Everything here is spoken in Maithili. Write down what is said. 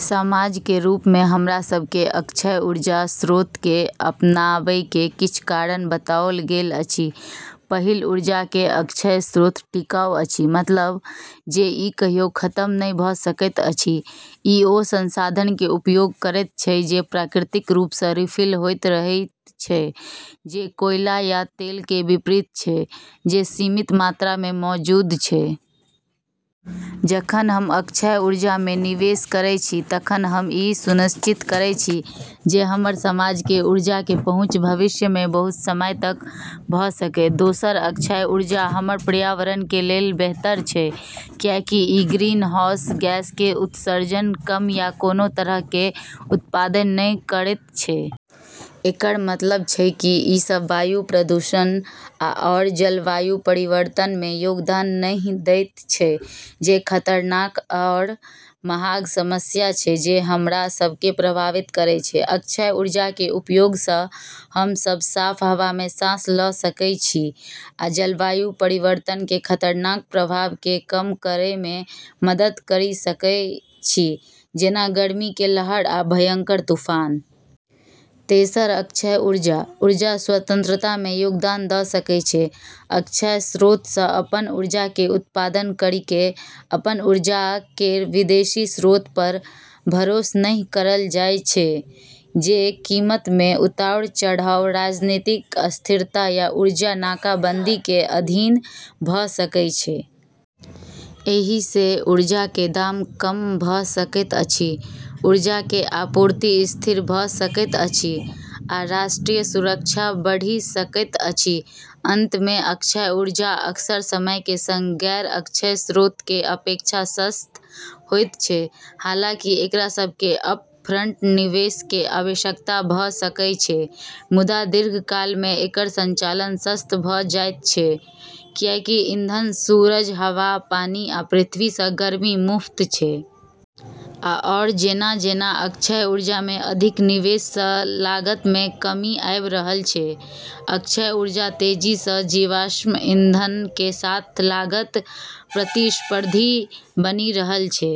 समाजके रूपमे हमरा सभके अक्षय ऊर्जा स्रोतके अपनाबैके किछ कारण बताओल गेल अछि: पहिल, ऊर्जाके अक्षय स्रोत टिकाऊ अछि, मतलब जे ई कहियो खतम नहि भ' सकैत अछि। ई ओइ संसाधनके उपयोग करैत छै जे प्राकृतिक रूपसँ रिफिल होइत रहैत छै, जे कोयला या तेलके विपरीत छै जे सीमित मात्रामे मौजूद छै। जखन हम अक्षय ऊर्जामे निवेश करै छी तखन हम ई सुनिश्चित करै छी जे हमर समाजके ऊर्जाके पहुँच भविष्यमे बहुत समय तक भ' सकै। दोसर, अक्षय ऊर्जा हमर पर्यावरणके लेल बेहतर छै, कियाकि ई ग्रीनहाउस गैसके उत्सर्जन कम या कोनो तरहके उत्पादन नहि करैत छै। एकर मतलब छै कि ई सब वायु प्रदूषण आओर जलवायु परिवर्तनमे योगदान नहि दैत छै, जे खतरनाक आओर महाग समस्या छै जे हमरा सबके प्रभावित करै छै। अक्षय ऊर्जाके उपयोगसँ हम सब साफ हवामे सांस ल' सकै छी, आ जलवायु परिवर्तनके खतरनाक प्रभावके कम करैमे मदद करि सकै छी, जेना गर्मीके लहर आ भयंकर तूफान। तेसर, अक्षय ऊर्जा, ऊर्जा- स्वतंत्रतामे योगदान द' सकै छै। अक्षय स्रोतसँ अपन ऊर्जाके उत्पादन करिके अपन ऊर्जा केर विदेशी स्रोत पर भरोस नहि करल जाइ छै जे कीमतमे उतार-चढ़ाव, राजनीतिक अस्थिरता या ऊर्जा नाकाबंदीके अधीन भ' सकै छै। एहिसँ ऊर्जाके दाम कम भ' सकैत अछि, ऊर्जाके आपूर्ति स्थिर भ' सकैत अछि, आ राष्ट्रीय सुरक्षा बढ़ि सकैत अछि। अंतमे, अक्षय ऊर्जा अक्सर समयके सङ्ग गैर-अक्षय स्रोतके अपेक्षा सस्त होइत छै। हालांकि एकरा सबके अप-फ्रंट निवेशके आवश्यकता भ' सकय छै, मुदा दीर्घकालमे एकर संचालन सस्त भ' जाइत छै, किएकि ईंधन (सूरज, हवा, पानि, आ पृथ्वीसँ गर्मी) मुफ्त छै। आओर जेना-जेना अक्षय ऊर्जामे अधिक निवेशसँ लागतमे कमी आबि रहल छै, अक्षय ऊर्जा तेजीसँ जीवाश्म ईंधनके साथ लागत-प्रतिस्पर्धी बनि रहल छै।